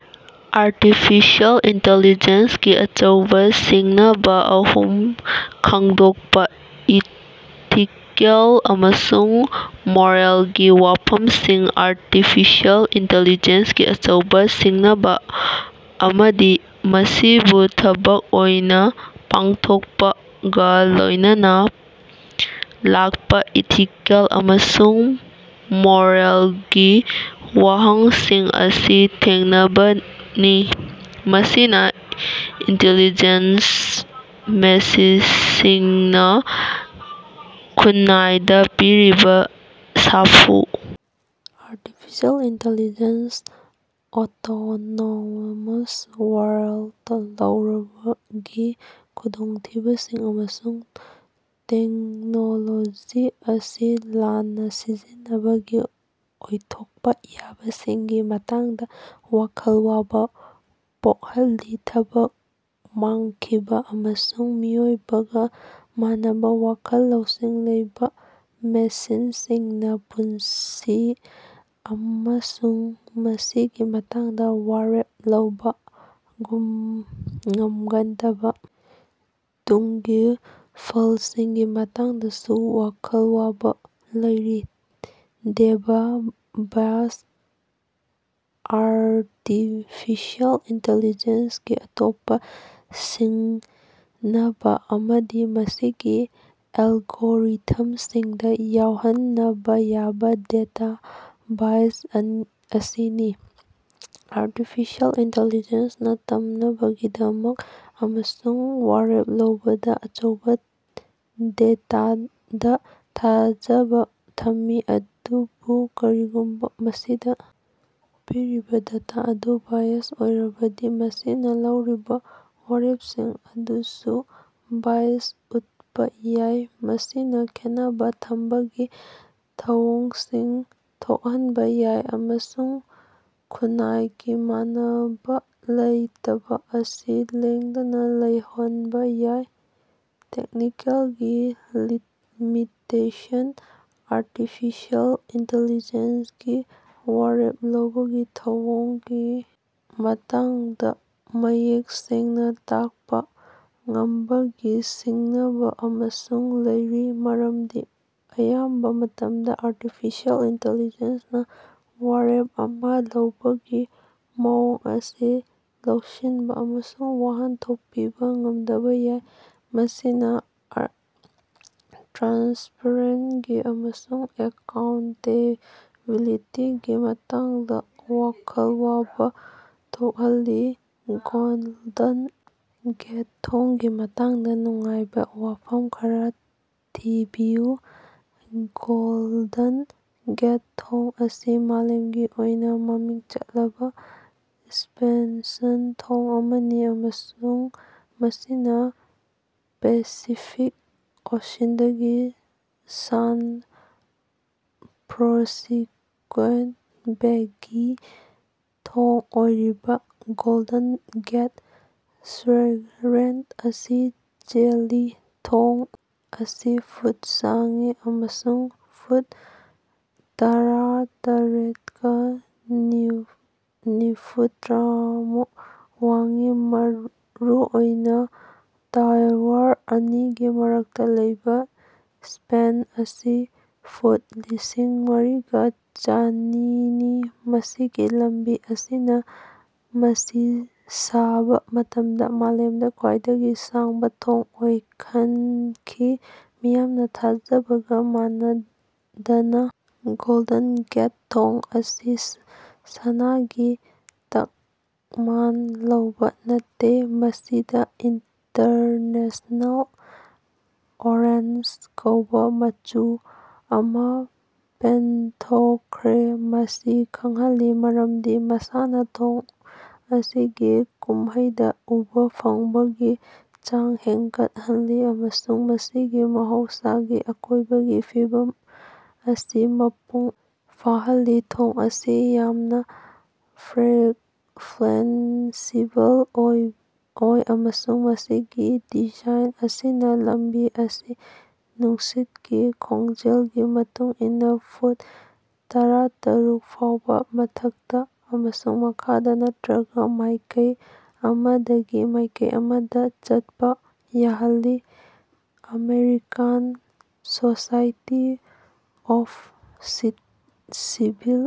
Artificial ꯏꯟꯇꯦꯂꯤꯖꯦꯟꯁꯀꯤ ꯑꯆꯧꯕ ꯁꯤꯡꯅꯕ ꯑꯍꯨꯝ ꯈꯪꯗꯣꯛꯄꯥ꯫ ꯏꯊꯤꯀꯦꯜ ꯑꯃꯁꯨꯡ ꯃꯣꯔꯦꯜꯒꯤ ꯋꯥꯐꯝꯁꯤꯡ ꯑꯔꯇꯤꯐꯤꯑꯦꯜ ꯏꯟꯇꯦꯂꯤꯖꯦꯟꯁꯀꯤ ꯑꯆꯧꯕ ꯁꯤꯡꯅꯕ ꯑꯃꯗꯤ ꯃꯁꯤꯕꯨ ꯊꯕꯛ ꯑꯣꯏꯅ ꯄꯥꯡꯊꯣꯛꯄꯒꯥ ꯂꯣꯏꯅꯅꯥ ꯂꯥꯛꯄꯥ ꯏꯊꯤꯀꯦꯜ ꯑꯃꯁꯨꯡ ꯃꯣꯔꯦꯜꯒꯤ ꯋꯥꯍꯪꯁꯤꯡ ꯑꯁꯤ ꯊꯦꯡꯅꯕꯅꯤ꯫ ꯃꯁꯤꯅꯥ ꯏꯟꯇꯦꯂꯤꯖꯦꯟꯁ ꯃꯦꯁꯦꯖꯁꯤꯡꯅꯥ ꯈꯨꯟꯅꯥꯏꯗ ꯄꯤꯔꯤꯕ ꯁꯥꯐꯨ ꯑꯔꯇꯤꯐꯤꯁꯦꯜ ꯏꯟꯇꯦꯂꯤꯖꯦꯟꯁ ꯑꯣꯇꯣꯅꯣꯃꯁ ꯋꯥꯔꯗ ꯇꯧꯕꯒꯤ ꯈꯨꯗꯣꯡꯊꯤꯕꯁꯤꯡ, ꯑꯃꯁꯨꯡ ꯇꯦꯛꯅꯣꯂꯣꯖꯤ ꯑꯁꯤ ꯂꯥꯟꯅꯥ ꯁꯤꯖꯤꯟꯅꯕꯒꯤ ꯑꯣꯏꯊꯣꯛꯄꯥ ꯌꯥꯕꯁꯤꯡꯒꯤ ꯃꯇꯥꯡꯗꯥ ꯋꯥꯈꯜ ꯋꯥꯕ ꯄꯣꯛꯍꯜꯂꯤ꯫ ꯊꯕꯛ ꯃꯥꯡꯈꯤꯕ ꯑꯃꯁꯨꯡ ꯃꯤꯑꯣꯏꯕꯒꯥ ꯃꯥꯟꯅꯕ ꯋꯥꯈꯜ ꯂꯧꯁꯤꯡ ꯂꯩꯕ ꯃꯦꯁꯤꯟꯁꯤꯡꯅꯥ ꯄꯨꯟꯁꯤ ꯑꯃꯁꯨꯡ ꯃꯁꯤꯒꯤ ꯃꯇꯥꯡꯗ ꯋꯥꯔꯦꯞ ꯂꯧꯕ ꯒꯨꯝ ꯉꯝꯒꯗꯕ ꯇꯨꯡꯒꯤ ꯐꯜꯁꯤꯡꯒꯤ ꯃꯇꯥꯡꯗꯁꯨ ꯋꯥꯈꯜ ꯋꯥꯕꯥ ꯂꯩꯔꯤ꯫ ꯗꯦꯕꯥ ꯕꯥꯏꯁ ꯑꯥꯜꯔꯇꯤꯐꯤꯑꯦꯜ ꯏꯟꯇꯦꯂꯤꯖꯦꯟꯁꯀꯤ ꯑꯇꯣꯞꯄꯥ ꯁꯤꯡꯅꯕꯥ ꯑꯃꯗꯤ ꯃꯁꯤꯒꯤ ꯑꯦꯜꯒꯣꯔꯤꯊꯝꯁꯤꯡꯗꯥ ꯌꯥꯎꯍꯟꯅꯕ ꯌꯥꯕ ꯗꯦꯇꯥ ꯕꯥꯏꯁ ꯑꯁꯤꯅꯤ꯫ ꯑꯔꯇꯤꯐꯤꯁꯦꯜ ꯏꯟꯇꯦꯂꯤꯖꯦꯟꯅꯥ ꯇꯝꯅꯕꯒꯤꯗꯃꯛ ꯑꯃꯁꯨꯡ ꯋꯥꯔꯦꯞ ꯂꯧꯕꯗꯥ ꯑꯆꯧꯕ ꯗꯦꯇꯥꯗꯥ ꯊꯥꯖꯕ ꯊꯝꯃꯤ, ꯑꯗꯨꯕꯨ ꯀꯔꯤꯒꯨꯝꯕ ꯃꯁꯤꯗꯥ ꯄꯤꯔꯤꯕ ꯗꯦꯇꯥ ꯑꯗꯨ ꯕꯥꯏꯑꯦꯖ ꯑꯣꯏꯔꯕꯗꯤ, ꯃꯁꯤꯅꯥ ꯂꯧꯔꯤꯕ ꯋꯥꯔꯦꯞꯁꯤꯡ ꯑꯗꯨꯁꯨ ꯕꯥꯏꯁ ꯎꯠꯄꯥ ꯌꯥꯏ꯫ ꯃꯁꯤꯅꯥ ꯈꯦꯟꯅꯕ ꯊꯝꯕꯒꯤ ꯊꯧꯑꯣꯡꯁꯤꯡ ꯊꯣꯛꯍꯟꯕꯥ ꯌꯥꯏ ꯑꯃꯁꯨꯡ ꯈꯨꯟꯅꯥꯏꯒꯤ ꯃꯥꯟꯅꯕ ꯂꯩꯇꯕ ꯑꯁꯤ ꯂꯦꯡꯗꯅꯥ ꯂꯩꯍꯟꯕ ꯌꯥꯏ꯫ ꯇꯦꯛꯅꯤꯀꯦꯜꯒꯤ ꯂꯤꯃꯤꯇꯦꯁꯟ ꯑꯔꯇꯤꯐꯤꯁꯦꯜ ꯏꯟꯇꯦꯂꯤꯖꯦꯟꯒꯤ ꯋꯥꯔꯦꯞ ꯂꯧꯕꯒꯤ ꯊꯧꯑꯣꯡꯒꯤ ꯃꯇꯥꯡꯗꯥ ꯃꯌꯦꯛ ꯁꯦꯡꯅꯥ ꯇꯥꯛꯄꯥ ꯉꯝꯕꯒꯤ ꯁꯤꯡꯅꯕ ꯑꯃꯁꯨ ꯂꯩꯔꯤ, ꯃꯔꯝꯗꯤ ꯑꯌꯥꯝꯕ ꯃꯇꯝꯗꯥ ꯑꯔꯇꯤꯐꯤꯁꯦꯜ ꯏꯟꯇꯦꯂꯤꯖꯦꯟꯅꯥ ꯋꯥꯔꯦꯞ ꯑꯃꯥ ꯂꯧꯕꯒꯤ ꯃꯑꯣꯡ ꯑꯁꯤ ꯂꯧꯁꯤꯟꯕ ꯑꯃꯁꯨꯡ ꯋꯥꯍꯟꯊꯣꯛ ꯄꯤꯕ ꯉꯝꯗꯕꯥ ꯌꯥꯏ, ꯃꯁꯤꯅꯥ ꯇ꯭ꯔꯥꯟꯁꯄꯔꯦꯟꯒꯤ ꯑꯃꯁꯨꯡ ꯑꯦꯀꯥꯎꯟꯇꯦꯕꯤꯂꯤꯇꯤꯒꯤ ꯃꯇꯥꯡꯗꯥ ꯋꯥꯈꯜ ꯋꯥꯕ ꯊꯣꯛꯍꯜꯂꯤ꯫ ꯒꯣꯜꯗꯟ ꯒꯦꯠ ꯊꯣꯡꯒꯤ ꯃꯇꯥꯡꯗꯥ ꯅꯨꯡꯉꯥꯏꯕ ꯋꯥꯐꯝ ꯈꯔꯥ ꯊꯤꯕꯤꯌꯨ꯫ ꯒꯣꯜꯗꯟ ꯒꯦꯠ ꯊꯣꯡ ꯑꯁꯤ ꯃꯥꯂꯦꯝꯒꯤ ꯑꯣꯏꯅ ꯃꯃꯤꯡ ꯆꯠꯂꯕ ꯁꯁ꯭ꯄꯦꯟꯁꯟ ꯊꯣꯡ ꯑꯃꯅꯤ ꯑꯃꯁꯨꯡ ꯃꯁꯤꯅꯥ ꯄꯦꯁꯤꯐꯤꯛ ꯑꯣꯁꯤꯟꯗꯒꯤ ꯁꯥꯟ ꯐ꯭ꯔꯣꯟꯁꯤꯁ꯭ꯀꯣꯏꯟ ꯕꯦꯒꯤ ꯊꯣꯡ ꯑꯣꯏꯔꯤꯕ ꯒꯣꯜꯗꯟ ꯒꯦꯠ ꯁ꯭ꯠꯕꯔꯦꯟ ꯑꯁꯤ ꯆꯦꯜꯂꯤ꯫ ꯊꯣꯡ ꯑꯁꯤ ꯐꯨꯠ ꯁꯥꯡꯏ ꯑꯃꯁꯨꯡ ꯐꯨꯠ ꯇꯔꯥꯇꯔꯦꯠꯀ ꯅꯤꯐꯨꯇꯥꯔꯥ ꯋꯥꯡꯏ꯫ ꯃꯔꯨꯑꯣꯏꯕ ꯇꯋꯥꯔ ꯑꯅꯤꯒꯤ ꯃꯔꯛꯇ ꯂꯩꯕ ꯁ꯭ꯄꯦꯟ ꯑꯁꯤ ꯐꯨꯠ ꯂꯤꯁꯤꯡ ꯃꯔꯤꯒ ꯆꯥꯅꯤꯅꯤ ꯃꯁꯤꯒꯤ ꯂꯝꯕꯤ ꯑꯁꯤꯅꯥ ꯃꯁꯤ ꯁꯥꯕ ꯃꯇꯝꯗ ꯃꯥꯂꯦꯝꯗ ꯈ꯭ꯋꯥꯏꯗꯒꯤ ꯁꯥꯡꯕ ꯊꯣꯡ ꯑꯣꯏꯍꯟꯈꯤ꯫ ꯃꯤꯌꯥꯝꯅꯥ ꯊꯥꯖꯕꯒ ꯃꯥꯟꯅꯗꯅꯥ, ꯒꯣꯜꯗꯟ ꯒꯦꯠ ꯊꯣꯡ ꯑꯁꯤ ꯁꯅꯥꯒꯤ ꯇꯛꯃꯥꯟ ꯂꯧꯕ ꯅꯠꯇꯦ꯫ ꯃꯁꯤꯗꯥ ꯏꯟꯇꯔꯅꯦꯁ꯭ꯅꯦꯜ ꯑꯣꯔꯦꯟꯖ ꯀꯧꯕ ꯃꯆꯨ ꯑꯃꯥ ꯄꯦꯟꯊꯣꯛꯈ꯭ꯔꯦ ꯃꯁꯤ ꯈꯪꯍꯜꯂꯤ ꯃꯔꯝꯗꯤ ꯃꯁꯥꯅꯥ ꯊꯣꯡ ꯑꯁꯤꯒꯤ ꯀꯨꯝꯍꯩꯗꯥ ꯎꯕꯥ ꯐꯪꯕꯒꯤ ꯆꯥꯡ ꯍꯦꯟꯒꯠꯍꯜꯂꯤ ꯑꯃꯁꯨꯡ ꯃꯁꯤꯒꯤ ꯃꯍꯧꯁꯥꯒꯤ ꯑꯀꯣꯏꯕꯒꯤ ꯐꯤꯕꯝ ꯑꯁꯤ ꯃꯄꯨꯡ ꯐꯥꯍꯜꯂꯤ꯫ ꯊꯣꯡ ꯑꯁꯤ ꯌꯥꯝꯅ ꯐ꯭ꯂꯟꯛꯁꯤꯕꯜ ꯑꯣꯏ ꯑꯃꯁꯨꯡ ꯃꯁꯤꯒꯤ ꯗꯤꯖꯥꯏꯟ ꯑꯁꯤꯅꯥ ꯂꯝꯕꯤ ꯑꯁꯤ ꯅꯨꯡꯁꯤꯠꯀꯤ ꯈꯣꯡꯖꯦꯜꯒꯤ ꯃꯇꯨꯡ ꯏꯟꯅꯥ ꯐꯨꯠ ꯇꯔꯥꯇꯥꯔꯨꯛ ꯐꯥꯎꯕ ꯃꯊꯛꯇꯥ ꯑꯃꯁꯨꯡ ꯃꯈꯥꯗꯥ ꯅꯠꯇ꯭ꯔꯒ ꯃꯥꯏꯀꯩ ꯑꯃꯗꯒꯤ ꯃꯥꯏꯀꯩ ꯑꯃꯗꯥ ꯆꯠꯄ ꯌꯥꯍꯜꯂꯤ꯫ ꯑꯃꯦꯔꯤꯀꯥꯟ ꯁꯣꯁꯥꯏꯇꯤ ꯑꯣꯐ ꯁꯤ ꯁꯤꯚꯤꯜ